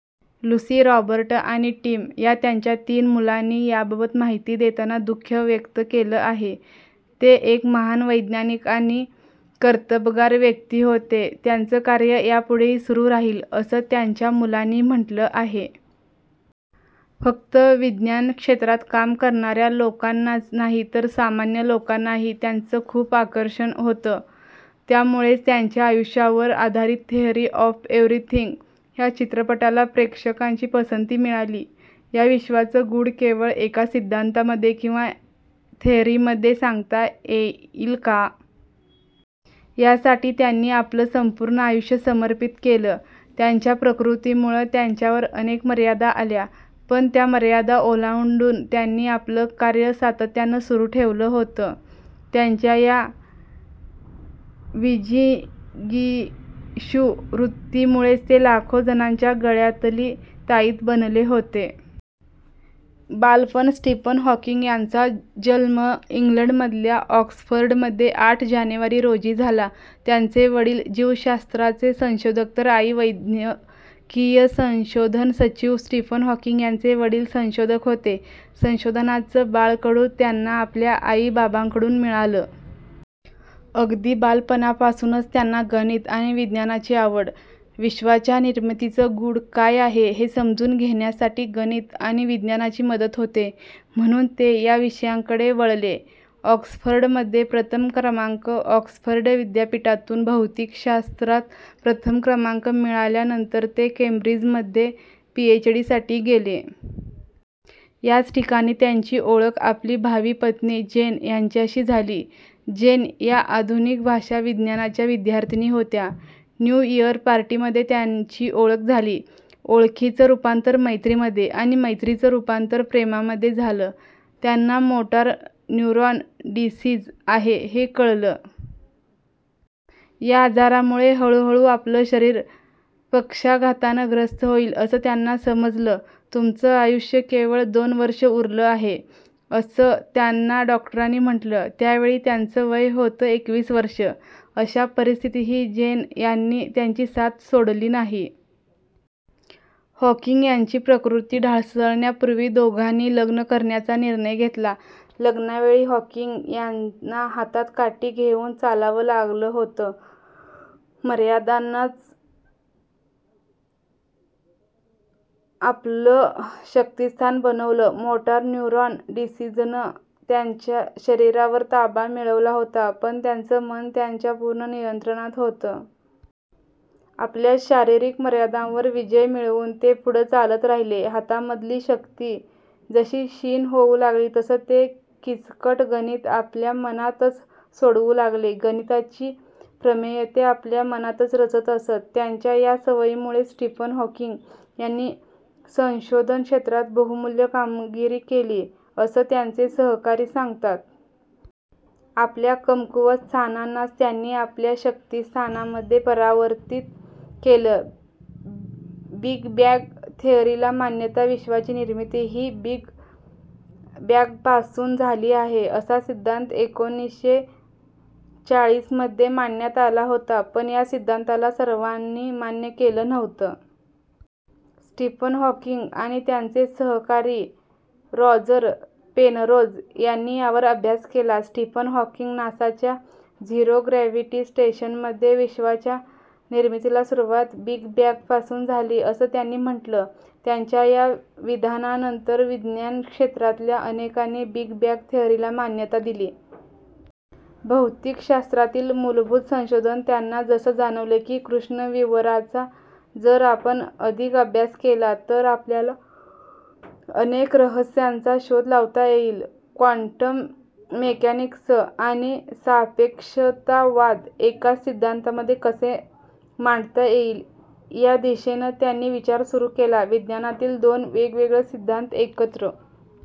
Lucy, Robert आणि Tim या त्यांच्या तीन मुलांनी याबाबत माहिती देताना दुःख व्यक्त केलं आहे. ते एक महान वैज्ञानिक आणि कर्तबगार व्यक्ती होते, त्यांच कार्य यापुढेही सुरू राहील, असं त्यांच्या मुलांनी म्हटलं आहे. फक्त विज्ञान क्षेत्रात काम करणाऱ्या लोकांनाच नाही तर सामान्य लोकांनाही त्यांचं खूप आकर्षण होतं. त्यामुळेच त्यांच्या आयुष्यावर आधारित थेअरी ऑफ एव्हरीथिंग या चित्रपटाला प्रेक्षकांची पसंती मिळाली. या विश्वाचं गूढ केवळ एका सिद्धांतामध्ये किंवा थेअरीमध्ये सांगता येईल का? यासाठी त्यांनी आपलं संपूर्ण आयुष्य समर्पित केलं. त्यांच्या प्रकृतीमुळं त्यांच्यावर अनेक मर्यादा आल्या, पण त्या मर्यादा ओलांडून त्यांनी आपलं कार्य सातत्यानं सुरू ठेवलं होतं. त्यांच्या या विजिगीषू वृत्तीमुळेच ते लाखो जणांच्या गळ्यातील ताईत बनले होते. बालपण स्टीफन हॉकिंग यांचा जन्म इंग्लंडमधल्या ऑक्सफर्डमध्ये आठ जानेवारी रोजी झाला. त्यांचे वडील जीवशास्त्राचे संशोधक तर आई वैद्यकीय संशोधन सचिव. स्टीफन हॉकिंग यांचे वडील संशोधक होते. संशोधनाचं बाळकडू त्यांना आपल्या आई बाबांकडून मिळालं. अगदी बालपणापासूनच त्यांना गणित आणि विज्ञानाची आवड. विश्वाच्या निर्मितीचं गूढ काय आहे हे समजून घेण्यासाठी गणित आणि विज्ञानाची मदत होते, म्हणून ते या विषयांकडे वळले. ऑक्सफर्डमध्ये प्रथम क्रमांक ऑक्सफर्ड विद्यापीठामधून भौतिकशास्त्रात प्रथम क्रमांक मिळवल्यानंतर ते केंब्रिजमध्ये पीएचडीसाठी गेले. याच ठिकाणी त्यांची ओळख आपली भावी पत्नी जेन यांच्याशी झाली. जेन या आधुनिक भाषाविज्ञानाच्या विद्यार्थिनी होत्या. न्यू इअर पार्टीमध्ये त्यांची ओळख झाली. ओळखीचं रुपांतर मैत्रीमध्ये आणि मैत्रीचं रुपांतर प्रेमामध्ये झालं. त्यांना मोटार न्यूरॉन डिसीज आहे हे कळलं. या आजारामुळे हळुहळू आपलं शरीर पक्षाघातानं ग्रस्त होईल असं त्यांना समजलं. तुमचं आयुष्य केवळ दोन वर्ष उरलं आहे, असं त्यांना डॉक्टरांनी म्हटलं. त्यावेळी त्यांचं वय होतं एकवीस वर्षं. अशा परिस्थितीही जेन यांनी त्यांची साथ सोडली नाही. हॉकिंग यांची प्रकृती ढासळण्यापूर्वी दोघांनी लग्न करण्याचा निर्णय घेतला. लग्नावेळी हॉकिंग यांना हातात काठी घेऊन चालावं लागलं होतं. मर्यादांनाच आपलं शक्तिस्थान बनवलं मोटार न्यूरॉन डिसीजनं त्यांच्या शरीरावर ताबा मिळवला होता, पण त्यांचं मन त्यांच्या पूर्ण नियंत्रणात होतं. आपल्या शारीरिक मर्यादांवर विजय मिळवून ते पुढं चालत राहिले. हातांमधली शक्ती जशी क्षीण होऊ लागली तसं ते किचकट गणितं आपल्या मनातच सोडवू लागले. गणिताची प्रमेयं ते आपल्या मनातच रचत असत. त्यांच्या या सवयीमुळेच स्टीफन हॉकिंग यांनी संशोधन क्षेत्रात बहुमूल्य कामगिरी केली, असं त्यांचे सहकारी सांगतात. आपल्या कमकुवत स्थानांनाच त्यांनी आपल्या शक्तिस्थानांमध्ये परावर्तित केलं. बिग बॅंग थेअरीला मान्यता विश्वाची निर्मिती ही बिग बॅंगपासून झाली आहे असा सिद्धांत एकोणीसशे चाळीसमध्ये मांडण्यात आला होता. पण या सिद्धांताला सर्वांनी मान्य केलं नव्हतं. स्टीफन हॉकिंग आणि त्यांचे सहकारी रॉजर पेनरोज यांनी यावर अभ्यास केला. स्टीफन हॉकिंग नासाच्या झिरो ग्रॅव्हिटी स्टेशनमध्ये. विश्वाच्या निर्मितीला सुरुवात बिग बॅंगपासून झाली असं त्यांनी म्हटलं. त्यांच्या या विधानानंतर विज्ञान क्षेत्रातल्या अनेकांनी बिग बॅंग थेअरीला मान्यता दिली. भौतिकशास्त्रातील मूलभूत संशोधन त्यांना असं जाणवलं की, कृष्णविवराचा जर आपण अधिक अभ्यास केला तर आपल्याला अनेक रहस्यांचा शोध लावता येईल. क्वांटम मेकॅनिक्स आणि सापेक्षतावाद एकाच सिद्धांतामध्ये कसा मांडता येईल या दिशेनं त्यांनी विचार सुरू केला. विज्ञानातील दोन वेगवेगळे सिद्धांत एकत्र